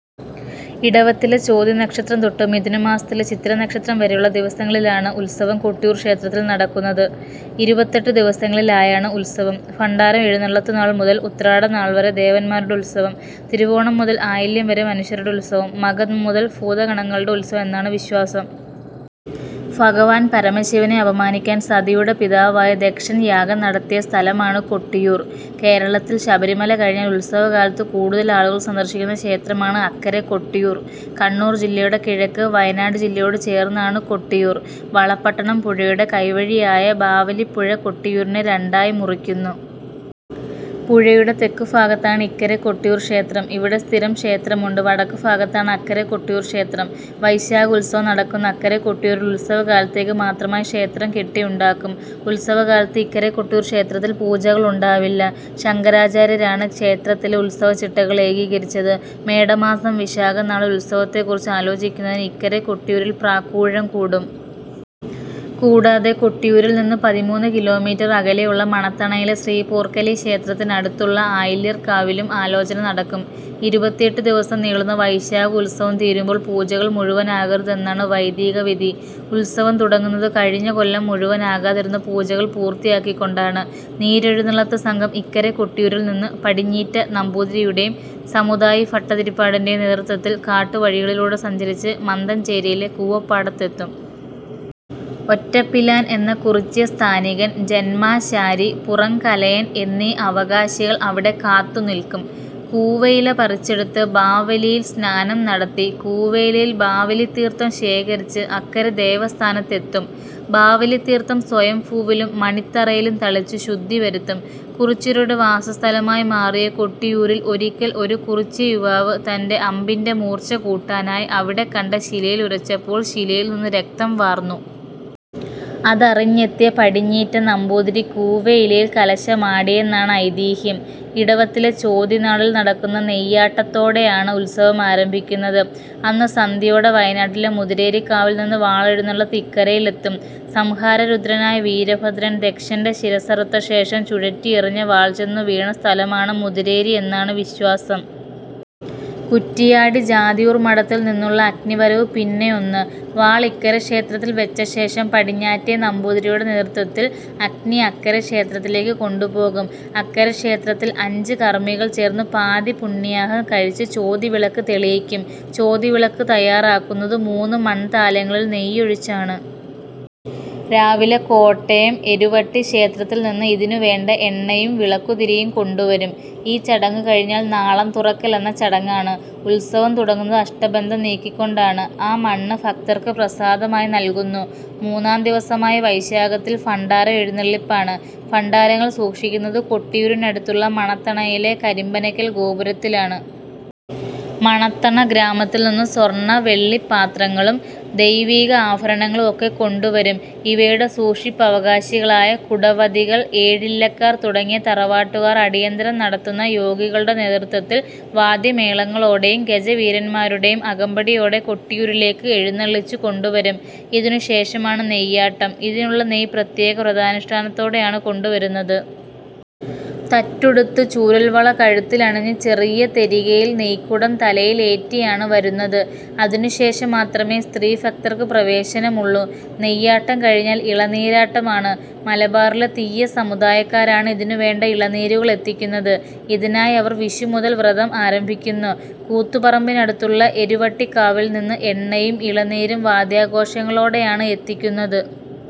ഇടവത്തിലെ ചോതി നക്ഷത്രം തൊട്ട് മിഥുന മാസത്തിലെ ചിത്തിര നക്ഷത്രം വരെയുള്ള ദിവസങ്ങളിലാണ് ഉത്സവം കൊട്ടിയൂർ ക്ഷേത്രത്തിൽ നടക്കുന്നത്. ഇരുപത്തെട്ട് ദിവസങ്ങളിലായാണ് ഉത്സവം. ഭണ്ഡാരം എഴുന്നള്ളത്തുനാൾ മുതൽ ഉത്രാടം നാൾ വരെ ദേവന്മാരുടെ ഉത്സവം. തിരുവോണം മുതൽ ആയില്യം വരെ മനുഷ്യരുടെ ഉത്സവം. മകം മുതൽ ഭൂതഗണങ്ങളുടെ ഉത്സവം എന്നാണ് വിശ്വാസം. ഭഗവാൻ പരമശിവനെ അപമാനിക്കാൻ സതിയുടെ പിതാവായ ദക്ഷൻ യാഗം നടത്തിയ സ്ഥലമാണ് കൊട്ടിയൂർ. കേരളത്തിൽ ശബരിമല കഴിഞ്ഞാൽ ഉത്സവകാലത്ത് കൂടുതൽ ആളുകൾ സന്ദർശിക്കുന്ന ക്ഷേത്രമാണ് അക്കരെ കൊട്ടിയൂർ. കണ്ണൂർ ജില്ലയുടെ കിഴക്ക്, വയനാട് ജില്ലയോട് ചേർന്നാണ് കൊട്ടിയൂർ. വളപ്പട്ടണം പുഴയുടെ കൈവഴിയായ ബാവലിപ്പുഴ കൊട്ടിയൂരിനെ രണ്ടായി മുറിക്കുന്നു. പുഴയുടെ തെക്കുഭാഗത്താണ് ഇക്കരെ കൊട്ടിയൂർ ക്ഷേത്രം. ഇവിടെ സ്ഥിരം ക്ഷേത്രമുണ്ട്. വടക്കുഭാഗത്താണ് അക്കരെ കൊട്ടിയൂർ ക്ഷേത്രം. വൈശാഖ ഉത്സവം നടക്കുന്ന അക്കരെ കൊട്ടിയൂരിൽ ഉത്സവകാലത്തേക്ക് മാത്രമായി ക്ഷേത്രം കെട്ടിയുണ്ടാക്കും. ഉത്സവകാലത്ത് ഇക്കരെ കൊട്ടിയൂർ ക്ഷേത്രത്തിൽ പൂജകൾ ഉണ്ടാവില്ല. ശങ്കരാചാര്യരാണ് ക്ഷേത്രത്തിലെ ഉത്സവചിട്ടകൾ ഏകീകരിച്ചത്. മേട മാസം വിശാഖം നാളിൽ ഉത്സവത്തെക്കുറിച്ച് ആലോചിക്കുന്നതിന് ഇക്കരെ കൊട്ടിയൂരിൽ പ്രാക്കൂഴം കൂടും. കൂടാതെ കൊട്ടിയൂരിൽ നിന്ന് പതിമൂന്ന് കിലോമീറ്റർ അകലെയുള്ള മണത്തണയിലെ ശ്രീപോർക്കലി ക്ഷേത്രത്തിന് അടുത്തുള്ള ആയില്യർ കാവിലും ആലോചന നടക്കും. ഇരുപത്തിയെട്ട് ദിവസം നീളുന്ന വൈശാഖ ഉത്സവം തീരുമ്പോൾ പൂജകൾ മുഴുവനാകരുതെന്നാണ് വൈദികവിധി. ഉത്സവം തുടങ്ങുന്നത് കഴിഞ്ഞ കൊല്ലം മുഴുവനാകാതിരുന്ന പൂജകൾ പൂർത്തിയാക്കിക്കൊണ്ടാണ്. നീരെഴുന്നള്ളത്ത് സംഘം ഇക്കരെ കൊട്ടിയൂരിൽ നിന്ന് പടിഞ്ഞീറ്റ നമ്പൂതിരിയുടെയും സമുദായി ഭട്ടതിരിപ്പാടിൻ്റെയും നേതൃത്വത്തിൽ കാട്ടുവഴികളിലൂടെ സഞ്ചരിച്ച് മന്ദഞ്ചേരിയിലെ കൂവപ്പാടത്ത് എത്തും. ഒറ്റപ്പിലാൻ എന്ന കുറിച്യസ്ഥാനികൻ, ജന്മാശാരി, പുറംകലയൻ എന്നീ അവകാശികൾ അവിടെ കാത്തുനിൽക്കും. കൂവയില പറിച്ചെടുത്ത് ബാവലിയിൽ സ്നാനം നടത്തി കൂവയിലയിൽ ബാവലിതീർത്ഥം ശേഖരിച്ച് അക്കരെ ദേവസ്ഥാനത്ത് എത്തും. ബാവലിതീർത്ഥം സ്വയംഭൂവിലും മണിത്തറയിലും തളിച്ച് ശുദ്ധിവരുത്തും. കുറിച്യരുടെ വാസസ്ഥലമായി മാറിയ കൊട്ടിയൂരിൽ ഒരിക്കൽ ഒരു കുറിച്യയുവാവ് തൻ്റെ അമ്പിൻ്റെ മൂർച്ച കൂട്ടാനായി അവിടെ കണ്ട ശിലയിൽ ഉരച്ചപ്പോൾ ശിലയിൽ നിന്ന് രക്തം വാർന്നു. അത് അറിഞ്ഞെത്തിയ പടിഞ്ഞീറ്റ നമ്പൂതിരി കൂവയിലയിൽ കലശമാടിയെന്നാണ് ഐതിഹ്യം. ഇടവത്തിലെ ചോതി നാളിൽ നടക്കുന്ന നെയ്യാട്ടത്തോടെയാണ് ഉത്സവം ആരംഭിക്കുന്നത്. അന്ന് സന്ധ്യയോടെ വയനാട്ടിലെ മുതിരേരിക്കാവിൽ നിന്ന് വാൾ എഴുന്നള്ളത്ത് ഇക്കരയിലെത്തും. സംഹാരരുദ്രനായ വീരഭദ്രൻ ദക്ഷൻ്റെ ശിരസ്സറുത്ത ശേഷം ചുഴറ്റിയെറിഞ്ഞ വാൾ ചെന്നു വീണ സ്ഥലമാണ് മുതിരേരി എന്നാണ് വിശ്വാസം. കുറ്റിയാടി ജാതിയൂർ മഠത്തിൽ നിന്നുള്ള അഗ്നിവരവ് പിന്നെയൊന്ന്. വാൾ ഇക്കരെ ക്ഷേത്രത്തിൽ വെച്ചശേഷം പടിഞ്ഞാറ്റെ നമ്പൂതിരിയുടെ നേതൃത്വത്തിൽ അഗ്നി അക്കരെ ക്ഷേത്രത്തിലേക്ക് കൊണ്ടുപോകും. അക്കരെ ക്ഷേത്രത്തിൽ അഞ്ച് കർമ്മികൾ ചേർന്ന് പാതിപൂണ്യാഹം കഴിച്ച് ചോതി വിളക്ക് തെളിയിക്കും. ചോതി വിളക്ക് തയ്യാറാക്കുന്നത് മൂന്ന് മൺതാലങ്ങളിൽ നെയ്യ് ഒഴിച്ചാണ്. രാവിലെ കോട്ടയം എരുവട്ടി ക്ഷേത്രത്തിൽ നിന്ന് ഇതിനു വേണ്ട എണ്ണയും വിളക്കുതിരിയും കൊണ്ടുവരും. ഈ ചടങ്ങ് കഴിഞ്ഞാൽ "നാളം തുറക്കൽ" എന്ന ചടങ്ങാണ്. ഉത്സവം തുടങ്ങുന്നത് അഷ്ടബന്ധം നീക്കിക്കൊണ്ടാണ്, ആ മണ്ണ് ഭക്തർക്ക് പ്രസാദമായി നൽകുന്നു. മൂന്നാം ദിവസമായ വൈശാഖത്തിൽ ഭണ്ഡാരം എഴുന്നെള്ളിപ്പാണ്. ഭണ്ഡാരങ്ങൾ സൂക്ഷിക്കുന്നത് കൊട്ടിയൂരിനടുത്തുള്ള മണത്തണയിലെ കരിമ്പനയ്ക്കൽ ഗോപുരത്തിലാണ്. മണത്തണ ഗ്രാമത്തിൽ നിന്ന് സ്വർണ്ണ, വെള്ളി പാത്രങ്ങളും ദൈവിക ആഭരണങ്ങളും ഒക്കെ കൊണ്ടുവരും. ഇവയുടെ സൂക്ഷിപ്പവകാശികളായ കുടവതികൾ, ഏഴില്ലക്കാർ തുടങ്ങിയ തറവാട്ടുകാർ അടിയന്തരം നടത്തുന്ന യോഗികളുടെ നേതൃത്വത്തിൽ വാദ്യമേളങ്ങളോടെയും ഗജവീരന്മാരുടെയും അകമ്പടിയോടെ കൊട്ടിയൂരിലേക്ക് എഴുന്നള്ളിച്ച് കൊണ്ടുവരും. ഇതിനുശേഷമാണ് നെയ്യാട്ടം. ഇതിനുള്ള നെയ്യ് പ്രത്യേക വ്രതാനുഷ്ഠാനത്തോടെയാണ് കൊണ്ടുവരുന്നത്. തറ്റുടുത്ത്, ചൂരൽവള കഴുത്തിലണിഞ്ഞ് ചെറിയ തെരികയിൽ നെയ്ക്കുടം തലയിലേറ്റിയാണ് വരുന്നത്. അതിനു ശേഷം മാത്രമേ സ്ത്രീ ഭക്തർക്ക് പ്രവേശനമുള്ളൂ. നെയ്യാട്ടം കഴിഞ്ഞാൽ ഇളനീരാട്ടമാണ്. മലബാറിലെ തിയ്യസമുദായക്കാരാണ് ഇതിനു വേണ്ട ഇളനീരുകൾ എത്തിക്കുന്നത്. ഇതിനായി അവർ വിഷു മുതൽ വ്രതം ആരംഭിക്കുന്നു. കൂത്തുപറമ്പിനടുത്തുള്ള എരുവട്ടിക്കാവിൽ നിന്ന് എണ്ണയും ഇളനീരും വാദ്യാഘോഷങ്ങളോടെയാണ് എത്തിക്കുന്നത്.